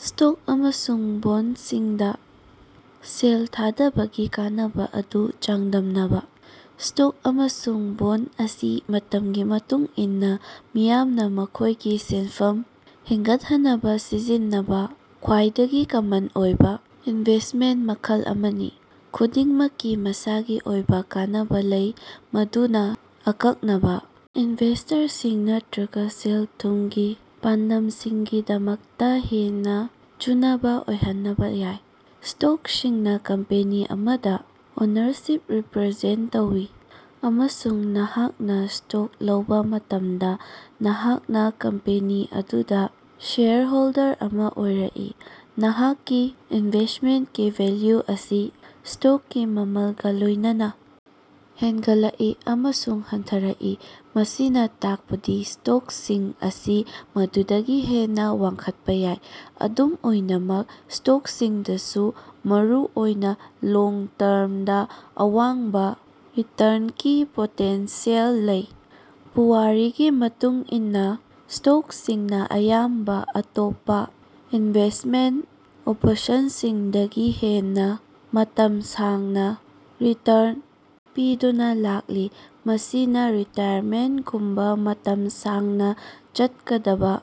Stock ꯑꯃꯁꯨꯡ ꯕꯣꯟꯗꯁꯤꯡꯗꯥ ꯁꯦꯜ ꯊꯥꯗꯕꯒꯤ ꯀꯥꯟꯅꯕꯥ ꯑꯗꯨ ꯆꯥꯡꯗꯝꯅꯕꯥ꯫ ꯁ꯭ꯇꯣꯛ ꯑꯃꯁꯨꯡ ꯕꯣꯟꯗ ꯑꯁꯤ ꯃꯇꯝꯒꯤ ꯃꯇꯨꯡ ꯏꯟꯅꯥ ꯃꯤꯌꯥꯝꯅꯥ ꯃꯈꯣꯏꯒꯤ ꯁꯦꯟꯐꯝ ꯍꯦꯟꯒꯠꯍꯟꯅꯕꯥ ꯁꯤꯖꯤꯟꯅꯕꯥ ꯈ꯭ꯋꯥꯏꯗꯒꯤ ꯀꯃꯟ ꯑꯣꯏꯕꯥ ꯏꯟꯚꯦꯁ꯭ꯇꯃꯦꯟꯇ ꯃꯈꯜ ꯑꯅꯤꯅꯤ꯫ ꯈꯨꯗꯤꯡꯃꯛꯀꯤ ꯃꯁꯥꯒꯤ ꯑꯣꯏꯕꯥ ꯀꯥꯟꯅꯕꯥ ꯂꯩ ꯃꯗꯨꯅꯥ ꯑꯀꯛꯅꯕꯥ ꯏꯟꯚꯦꯁ꯭ꯇꯔꯁꯤꯡ ꯅꯠꯇꯔꯒꯥ ꯁꯦꯜ-ꯊꯨꯝꯒꯤ ꯄꯥꯟꯗꯝꯁꯤꯡꯒꯤꯗꯃꯛꯇꯥ ꯍꯦꯟꯅꯥ ꯆꯨꯅꯕꯥ ꯑꯣꯏꯍꯟꯅꯕꯥ ꯌꯥꯏ꯫ ꯁ꯭ꯇꯣꯛꯁꯤꯡꯅꯥ ꯀꯝꯄꯦꯅꯤ ꯑꯃꯗꯥ ꯑꯣꯅꯔꯁꯤꯞ ꯔꯤꯄ꯭ꯔꯥꯖꯦꯟꯇ ꯇꯧꯏ, ꯑꯃꯁꯨꯡ ꯅꯍꯥꯛꯅꯥ ꯁ꯭ꯇꯣꯛ ꯂꯧꯕꯥ ꯃꯇꯝꯗꯥ ꯅꯍꯥꯛꯅꯥ ꯀꯝꯄꯦꯅꯤ ꯑꯗꯨꯗꯥ ꯁꯦꯌꯔ ꯍꯣꯜꯗꯔ ꯑꯃꯥ ꯑꯣꯏꯔꯛꯏ꯫ ꯅꯍꯥꯛꯀꯤ ꯏꯟꯚꯦꯁ꯭ꯇꯃꯦꯟꯇꯀꯤ ꯚꯦꯜꯌꯨ ꯑꯁꯤ ꯁ꯭ꯇꯣꯛꯀꯤ ꯃꯃꯜꯒꯥ ꯂꯣꯏꯅꯅꯥ ꯍꯦꯟꯒꯠꯂꯛꯏ ꯑꯃꯁꯨꯡ ꯍꯟꯊꯔꯛꯏ, ꯃꯁꯤꯅꯥ ꯇꯥꯛꯄꯗꯤ ꯁ꯭ꯇꯣꯛꯁꯤꯡ ꯑꯁꯤ ꯃꯗꯨꯗꯒꯤ ꯍꯦꯟꯅꯥ ꯋꯥꯡꯈꯠꯄꯥ ꯌꯥꯏ꯫ ꯑꯗꯨꯝ ꯑꯣꯏꯅꯃꯛ, ꯁ꯭ꯇꯣꯛꯁꯤꯡꯗꯁꯨ ꯃꯔꯨꯑꯣꯏꯅꯥ ꯂꯣꯡ ꯇꯔꯝꯗꯥ ꯑꯋꯥꯡꯕꯥ ꯔꯤꯇꯔꯟꯀꯤ ꯄꯣꯇꯦꯟꯁꯤꯌꯦꯜ ꯂꯩ꯫ ꯄꯨꯋꯥꯔꯤꯒꯤ ꯃꯇꯨꯡ ꯏꯟꯅꯥ, ꯁ꯭ꯇꯣꯛꯁꯤꯡꯅꯥ ꯑꯌꯥꯝꯕꯥ ꯑꯇꯣꯞꯄꯥ ꯏꯟꯚꯦꯁ꯭ꯇꯃꯦꯟꯇ ꯑꯣꯄꯁꯟꯁꯤꯡꯗꯒꯤ ꯍꯦꯟꯅꯥ ꯃꯇꯝ ꯁꯥꯡꯅꯥ ꯔꯤꯇꯔꯟ ꯄꯤꯗꯨꯅꯥ ꯂꯥꯛꯂꯤ, ꯃꯁꯤꯅꯥ ꯔꯤꯇꯥꯌꯔꯃꯦꯟ꯭ꯇꯒꯨꯝꯕꯥ ꯃꯇꯝ ꯁꯥꯡꯅꯥ ꯆꯠꯀꯗꯕꯥ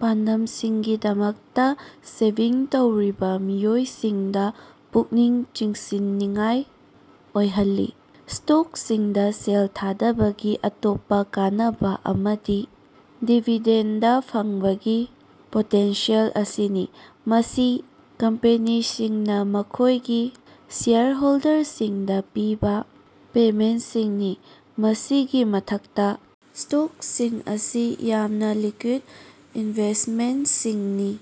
ꯄꯥꯟꯗꯝꯁꯤꯡꯒꯤꯗꯃꯛꯇꯥ ꯁꯦꯚꯤꯡ ꯇꯧꯔꯤꯕꯥ ꯃꯤꯑꯣꯏꯁꯤꯡꯗꯥ ꯄꯨꯛꯅꯤꯡ ꯆꯤꯡꯁꯤꯟꯅꯤꯡꯉꯥꯏ ꯑꯣꯏꯍꯜꯂꯤ꯫ ꯁ꯭ꯇꯣꯛꯁꯤꯡꯗꯥ ꯁꯦꯜ ꯊꯥꯗꯕꯒꯤ ꯑꯇꯣꯞꯄꯥ ꯀꯥꯟꯅꯕꯥ ꯑꯃꯗꯤ ꯗꯤꯕꯤꯗꯦꯟꯗ ꯐꯪꯕꯒꯤ ꯄꯣꯇꯦꯟꯁꯤꯌꯦꯜ ꯑꯁꯤꯅꯤ, ꯃꯁꯤ ꯀꯝꯄꯦꯅꯤꯁꯤꯡꯅꯥ ꯃꯈꯣꯏꯒꯤ ꯁꯦꯌꯔ ꯍꯣꯜꯗꯔꯁꯤꯡꯗꯥ ꯄꯤꯕꯥ ꯄꯦꯃꯦꯟꯇꯁꯤꯡꯅꯤ꯫ ꯃꯁꯤꯒꯤ ꯃꯊꯛꯇꯥ, ꯁ꯭ꯇꯣꯛꯁꯤꯡ ꯑꯁꯤ ꯌꯥꯝꯅꯥ ꯂꯤꯛꯀ꯭ꯌꯨꯗ ꯏꯟꯚꯦꯁ꯭ꯇꯃꯦꯟꯇꯁꯤꯡꯅꯤ,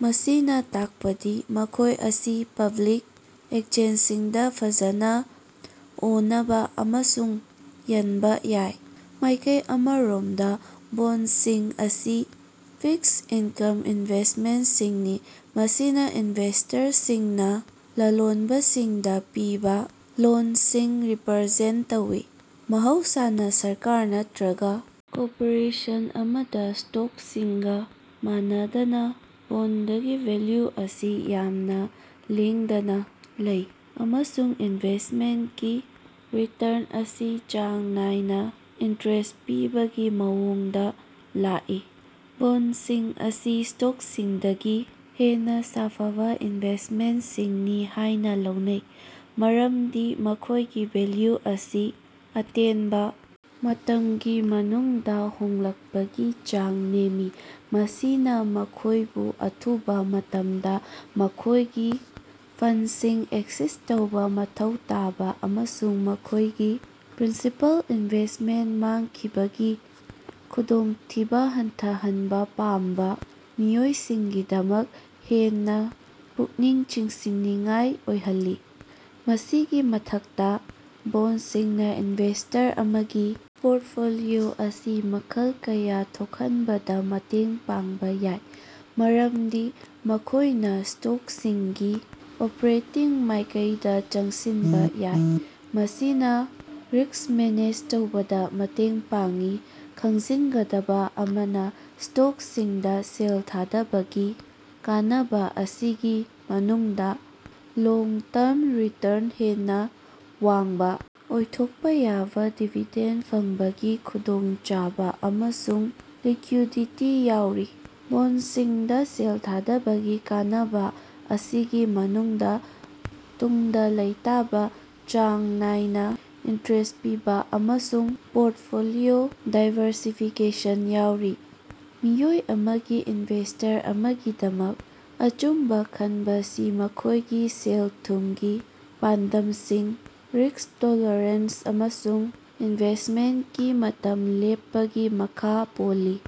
ꯃꯁꯤꯅꯥ ꯇꯥꯛꯄꯗꯤ ꯃꯈꯣꯏ ꯑꯁꯤ ꯄꯕ꯭ꯂꯤꯛ ꯑꯦꯛꯆꯦꯟꯖꯁꯤꯡꯗꯥ ꯐꯖꯅꯥ ꯑꯣꯅꯕꯥ ꯑꯃꯁꯨꯡ ꯌꯟꯕꯥ ꯌꯥꯏ꯫ ꯃꯥꯏꯀꯩ ꯑꯃꯔꯣꯝꯗꯥ, ꯕꯣꯟꯗꯁꯤꯡ ꯑꯁꯤ ꯐꯤꯛꯁ ꯏꯅꯀꯝ ꯏꯟꯚꯦꯁ꯭ꯇꯃꯦꯟꯇꯁꯤꯡꯅꯤ, ꯃꯁꯤꯅꯥ ꯏꯟꯚꯦꯁ꯭ꯇꯔꯁꯤꯡꯅꯥ ꯂꯂꯣꯟꯕꯁꯤꯡꯗꯥ ꯄꯤꯕꯥ ꯂꯣꯟꯁꯤꯡ ꯔꯤꯞꯔꯖꯦꯟꯇ ꯇꯧꯏ, ꯃꯍꯧꯁꯥꯅꯥ ꯁꯔꯀꯥꯔ ꯅꯠꯇꯔꯒꯥ ꯀꯣꯔꯄꯣꯔꯦꯁꯟ ꯑꯃꯗꯥ꯫ ꯁ꯭ꯇꯣꯛꯁꯤꯡꯒꯥ ꯃꯥꯟꯅꯗꯅꯥ, ꯕꯣꯟꯗꯒꯤ ꯚꯦꯜꯌꯨ ꯑꯁꯤ ꯌꯥꯝꯅꯥ ꯂꯦꯡꯗꯅꯥ ꯂꯩ, ꯑꯃꯁꯨꯡ ꯏꯟꯚꯦꯁ꯭ꯇꯃꯦꯟꯇꯀꯤ ꯔꯤꯇꯔꯟ ꯑꯁꯤ ꯆꯥꯡ ꯅꯥꯏꯅꯥ ꯏꯟꯇꯔꯦꯁ ꯄꯤꯕꯒꯤ ꯃꯑꯣꯡꯗꯥ ꯂꯥꯛꯏ꯫ ꯕꯣꯟꯗꯁꯤꯡ ꯑꯁꯤ ꯁ꯭ꯇꯣꯛꯁꯤꯡꯗꯒꯤ ꯍꯦꯟꯅꯥ ꯁꯥꯐꯕꯥ ꯏꯟꯚꯦꯁ꯭ꯇꯃꯦꯟꯇꯁꯤꯡꯅꯤ ꯍꯥꯏꯅꯥ ꯂꯧꯅꯩ ꯃꯔꯝꯗꯤ ꯃꯈꯣꯏꯒꯤ ꯚꯦꯜꯌꯨ ꯑꯁꯤ ꯑꯇꯦꯟꯕꯥ ꯃꯇꯝꯒꯤ ꯃꯅꯨꯡꯗꯥ ꯍꯣꯡꯂꯛꯄꯒꯤ ꯆꯥꯡ ꯅꯦꯝꯃꯤ꯫ ꯃꯁꯤꯅꯥ ꯃꯈꯣꯏꯕꯨ ꯑꯊꯨꯕꯥ ꯃꯇꯝꯗꯥ ꯃꯈꯣꯏꯒꯤ ꯐꯟꯗꯁꯤꯡ ꯑꯦꯛꯁꯦꯁ ꯇꯧꯕꯥ ꯃꯊꯧ ꯇꯥꯕꯥ ꯑꯃꯁꯨꯡ ꯃꯈꯣꯏꯒꯤ ꯄ꯭ꯔꯤꯟꯁꯤꯄꯥꯜ ꯏꯟꯚꯦꯁ꯭ꯇꯃꯦꯟꯇ ꯃꯥꯡꯈꯤꯕꯒꯤ ꯈꯨꯗꯣꯡꯊꯤꯕꯥ ꯍꯟꯊꯍꯟꯕꯥ ꯄꯥꯝꯕꯥ ꯃꯤꯑꯣꯏꯁꯤꯡꯒꯤꯗꯃꯛ ꯍꯦꯟꯅꯥ ꯄꯨꯛꯅꯤꯡ ꯆꯤꯡꯁꯤꯟꯅꯤꯡꯉꯥꯏ ꯑꯣꯏꯍꯜꯂꯤ꯫ ꯃꯁꯤꯒꯤ ꯃꯊꯛꯇꯥ, ꯕꯣꯟꯗꯁꯤꯡꯅꯥ ꯏꯟꯚꯦꯁ꯭ꯇꯔ ꯑꯃꯒꯤ ꯄꯣꯔꯇꯐꯣꯂꯤꯑꯣ ꯑꯁꯤ ꯃꯈꯜ ꯀꯌꯥ ꯊꯣꯛꯍꯟꯕꯗꯥ ꯃꯇꯦꯡ ꯄꯥꯡꯕꯥ ꯌꯥꯏ, ꯃꯔꯝꯗꯤ ꯃꯈꯣꯏꯅꯥ ꯁ꯭ꯇꯣꯛꯁꯤꯡꯒꯤ ꯑꯣꯄꯔꯦꯇꯤꯡ ꯃꯥꯏꯀꯩꯗꯥ ꯆꯪꯁꯤꯟꯕꯥ ꯌꯥꯏ, ꯃꯁꯤꯅꯥ ꯔꯤꯁ꯭ꯛ ꯃꯦꯅꯦꯖ ꯇꯧꯕꯗꯥ ꯃꯇꯦꯡ ꯄꯥꯡꯏ꯫ ꯈꯪꯖꯤꯒꯗꯕꯥ ꯑꯃꯅꯥ, ꯁ꯭ꯇꯣꯛꯁꯤꯡꯗꯥ ꯁꯦꯜ ꯊꯥꯗꯕꯒꯤ ꯀꯥꯟꯅꯕꯥ ꯑꯁꯤꯒꯤ ꯃꯅꯨꯡꯗꯥ ꯂꯣꯡ-ꯇꯔꯝ ꯔꯤꯇꯔꯟ ꯍꯦꯟꯅꯥ ꯋꯥꯡꯕꯥ ꯑꯣꯏꯊꯣꯛꯄꯥ ꯌꯥꯕꯥ, ꯗꯤꯕꯤꯗꯦꯟꯗ ꯐꯪꯕꯒꯤ ꯈꯨꯗꯣꯡꯆꯥꯕꯥ, ꯑꯃꯁꯨꯡ ꯂꯤꯛꯀ꯭ꯌꯨꯗꯤꯇꯤ ꯌꯥꯎꯔꯤ꯫ ꯕꯣꯟꯗꯁꯤꯡꯗꯥ ꯁꯦꯜ ꯊꯥꯗꯕꯒꯤ ꯀꯥꯟꯅꯕꯥ ꯑꯁꯤꯒꯤ ꯃꯅꯨꯡꯗꯥ ꯇꯪꯗꯨ ꯂꯩꯇꯥꯕꯥ, ꯆꯥꯡ ꯅꯥꯏꯅꯥ ꯏꯟꯇꯔꯦꯁ ꯄꯤꯕꯥ, ꯑꯃꯁꯨꯡ ꯄꯣꯔꯇꯐꯣꯂꯤꯑꯣ ꯗꯥꯏꯕꯔꯁꯤꯐꯤꯀꯦꯁꯟ ꯌꯥꯎꯔꯤ꯫ ꯃꯤꯑꯣꯏ ꯑꯃꯒꯤ ꯏꯟꯚꯦꯁ꯭ꯇꯔ ꯑꯃꯒꯤꯗꯃꯛ ꯑꯆꯨꯝꯕꯥ ꯈꯟꯕꯁꯤ ꯃꯈꯣꯏꯒꯤ ꯁꯦꯜ-ꯊꯨꯝꯒꯤ ꯄꯥꯟꯗꯝꯁꯤꯡ, ꯔꯤꯁ꯭ꯛ ꯇꯣꯂꯔꯦꯟꯁ, ꯑꯃꯁꯨꯡ ꯏꯟꯚꯦꯁ꯭ꯇꯃꯦꯟꯇꯀꯤ ꯃꯇꯝ ꯂꯦꯞꯄꯒꯤ ꯃꯈꯥ ꯄꯣꯜꯂꯤ꯫